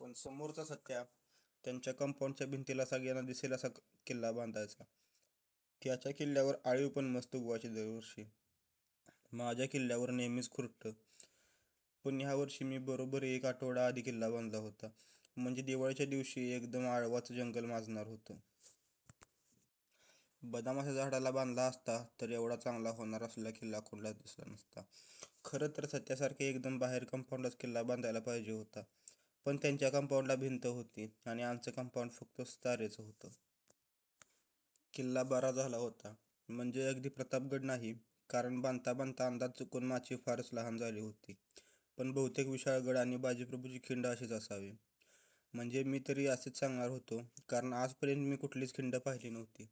पण समोरचा सत्या त्यांच्या कांपाउंडच्या भिंतीला, सगळ्यांना दिसेल असा किल्ला बांधायचा. त्याच्या किल्ल्यावर अळीव पण मस्त उगवायचे दरवर्षी. माझ्या किल्ल्यावर नेहेमीच खुरटं. पण ह्यावर्षी मी बरोबर एक आठवडा आधी किल्ला बांधला होता, म्हणजे दिवाळीच्या दिवशी एकदम अळवाचं जंगल माजणार होतं. बदामाच्या झाडाला बांधला असता तर एव्हडा चांगला होणार असलेला किल्ला कुणालाच दिसला नसता. खरं तर सत्यासारखे एकदम बाहेर कांपाउंडलाच किल्ला बांधायला पाह्यजे होता. पण त्यांच्या कांपाउंडला भिंतं होती आणि आमचं कांपाउंड फक्त तारेचं होतं. किल्ला बरा झाला होता. म्हणजे अगदी प्रतापगड नाही. कारण बांधता बांधता अंदाज चुकुन माची फारच लहान झाली होती. पण बहुतेक विशाळगड आणि बाजीप्रभुची खिंड अशीच असावी. म्हणजे मी तरी असेच सांगणार होतो. कारण आजपर्यंत मी कुठलीच खिंड पाहिली नव्हती.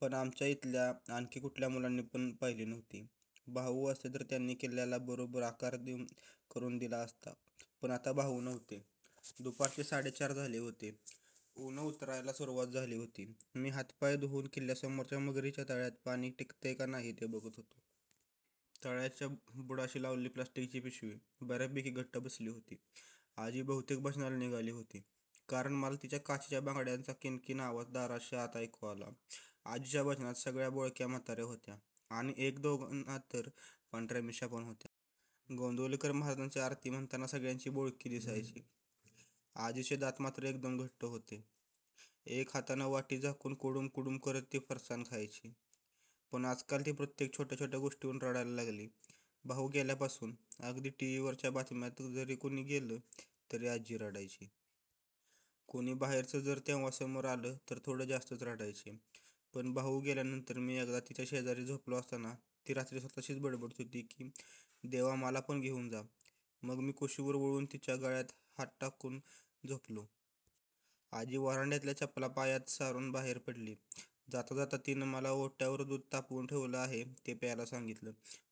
पण आमच्या इथल्या आणखी कुठल्या मुलाने पण पाहिली नव्हती. भाउ असते तर त्यांनी किल्ल्याला बरोबर आकार करुन दिला असता. पण आता भाउ नव्हते. दुपारचे साडेचार झाले होते. उन्हं उतरायला सुरुवात झाली होती. मी हात्-पाय धुवुन किल्ल्यासमोरच्या मगरीच्या तळ्यात पाणी टिकतय का नाही ते बघत होतो. तळ्याच्या बुडाशी लावलेली प्लास्टिकची पिशवी बर्यापैकी घट्ट बसली होती. आजी बहुतेक भजनाला निघाली होती. कारण मला तिच्या काचेच्या बांगड्यांचा किण-किण आवाज दाराशी आत ऐकु आला. आजीच्या भजनात सगळ्या बोळक्या म्हातार्या होत्या. आणि एक-दोघीना तर पांढर्या मिश्या पण होत्या. गोंदवलेकर महाराजांची आरती म्हणताना सगळ्यांची बोळकी दिसायची. आजीचे दात मात्र एकदम घट्ट होते. एका हातानं वाटी झाकुन कुडुम कुडुम करत ती फरसाण खायची. पण आजकाल ती प्रत्येक छोट्या-छोट्या गोष्टीवरून रडायला लागायची. भाउ गेल्यापासुन, अगदी टीव्हीवरच्या बातम्यात जरी कुणी गेलं तरी आजी रडायची. कोणी बाहेरचं जर तेव्हा समोर असेल तर थोडं जास्तच रडायची. पण भाउ गेल्यानंतर मी एकदा तिच्याशेजारी झोपलो असताना, ती रात्री स्वतःशीच बडबडत होती की देवा मला पण घेवून जा. मग मी कुशीवर वळुन तिच्या गळ्यात हात टाकुन झोपलो. आजी व्हरांड्यातल्या चपला पायात सारुन बाहेर पडली. जाता जाता तिनं मला ओट्यावर दूध तापवून ठेवलं आहे ते प्यायला सांगितलं.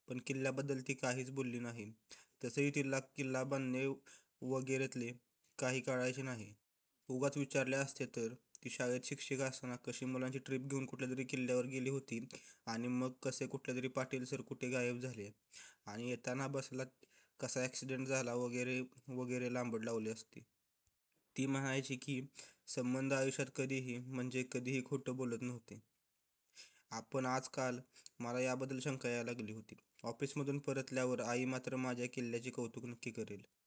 पण किल्ल्याबद्दल ती काहीच बोलली नाही. तसंही तिला किल्ला बांधणे वगैरेतले काही कळायचे नाही. उगाच विचारले असते तर, ती शाळेत शिक्षीका असताना कशी मुलांची ट्रिप घेवून कुठल्यातरी किल्ल्यावर गेली होती आणि मग कसे कुठलेतरी पाटील सर कुठे गायब झाले, आणि येताना बसला कसा अक्सिडेंटच झाला वगैरे वगैरे लांबड लावत बसली असती. ती म्हणायची की ती सबंध आयुष्यात कधीही, म्हणजे कधीही खोटं बोलली नव्हती. पण आजकाल मला याबद्दल शंका यायला लागली होती. ऑफिसमधून परतल्यावर आई मात्र माझ्या किल्ल्याचे कौतुक नक्की करेल